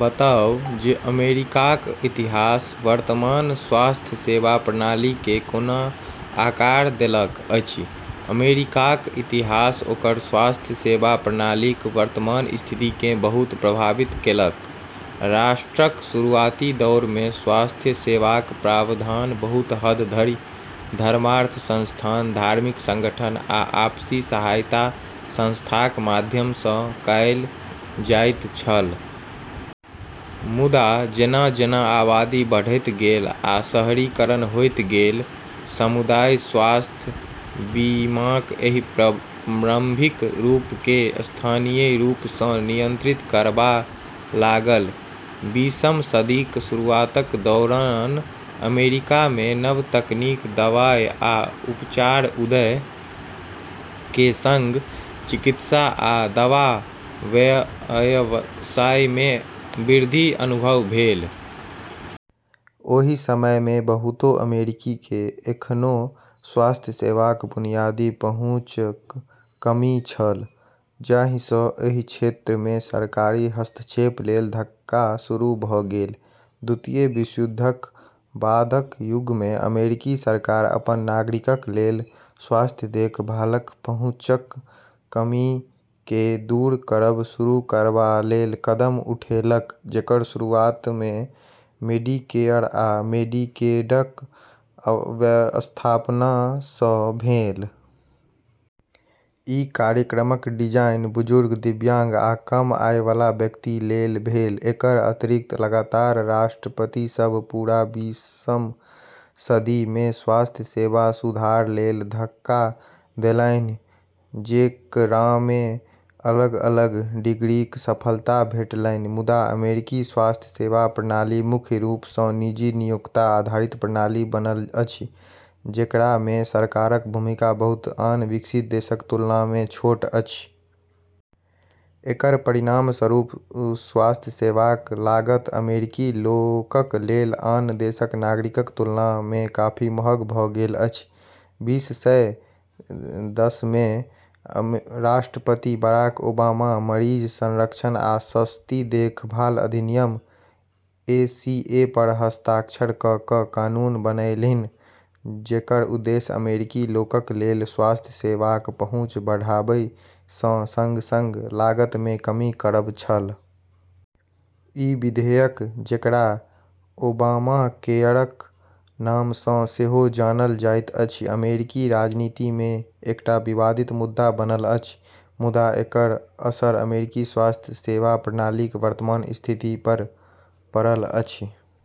बताउ जे अमेरिकाक इतिहास वर्तमान स्वास्थ्य सेवा प्रणालीकेँ कोना आकार देलक अछि। अमेरिकाक इतिहास ओकर स्वास्थ्य सेवा प्रणालीक वर्तमान स्थितिकेँ बहुत प्रभावित केलक। राष्ट्रक शुरुआती दौरमे स्वास्थ्य सेवाक प्रावधान बहुत हद धरि धर्मार्थ संस्थान, धार्मिक संगठन आ आपसी सहायता संस्थाक माध्यम सँ कएल जाइत छल। मुदा, जेना-जेना आबादी बढ़ैत गेल आ शहरीकरण होइत गेल, समुदाय स्वास्थ्य बीमाक एहि प्रारंभिक रूपकेँ स्थानीय रूप सँ नियंत्रित करबा लागल। बीसम सदीक शुरुआतक दौरान अमेरिकामे नव तकनीक, दवाई आ उपचारक उदय केँ संग चिकित्सा आ दवा व्यवसायमे वृद्धि अनुभव भेल। ओहि समयमे बहुतो अमेरिकीकेँ एखनो स्वास्थ्य सेवाक बुनियादी पहुँचक कमी छल, जाहि सँ एहि क्षेत्रमे सरकारी हस्तक्षेप लेल धक्का शुरू भ’ गेल। द्वितीय विश्वयुद्धक बादक युगमे, अमेरिकी सरकार अपन नागरिकक लेल स्वास्थ्य देखभालक पहुँचक कमीकेँ दूर करब शुरू करबा लेल कदम उठेलक, जेकर शुरुआतमे मेडिकेयर आ मेडिकेडक स्थापना सँ भेल। ई कार्यक्रमक डिजाइन बुजुर्ग, दिव्यांग आ कम आय बला व्यक्ति लेल भेल। एकर अतिरिक्त, लगातार राष्ट्रपति सभ पूरा बीसम सदीमे स्वास्थ्य सेवा सुधार लेल धक्का देलन्हि, जेकरामे अलग-अलग डिग्रीक सफलता भेटलनि। मुदा, अमेरिकी स्वास्थ्य सेवा प्रणाली मुख्य रूप सँ निजी, नियोक्ता आधारित प्रणाली बनल अछि, जेकरामे सरकारक भूमिका बहुत आन विकसित देशक तुलनामे छोट अछि। एकर परिणामस्वरूप स्वास्थ्य सेवाक लागत अमेरिकी लोकक लेल आन देशक नागरिकक तुलनामे काफी महंगा भ’ गेल अछि। बीस सय दसमे राष्ट्रपति बराक ओबामा मरीज संरक्षण आ सस्ती देखभाल अधिनियम (एसीए) पर हस्ताक्षर क’ क’ कानून बनैलन्हि, जेकर उद्देश्य अमेरिकी लोकक लेल स्वास्थ्य सेवाक पहुँच बढ़ाबै सँ संग-संग लागतमे कमी करब छल। ई विधेयक, जेकरा ओबामाकेयरक नाम सँ सेहो जानल जाइत अछि, अमेरिकी राजनीतिमे एकटा विवादित मुद्दा बनल अछि, मुदा एकर असर अमेरिकी स्वास्थ्य सेवा प्रणालीक वर्तमान स्थिति पर पड़ल अछि।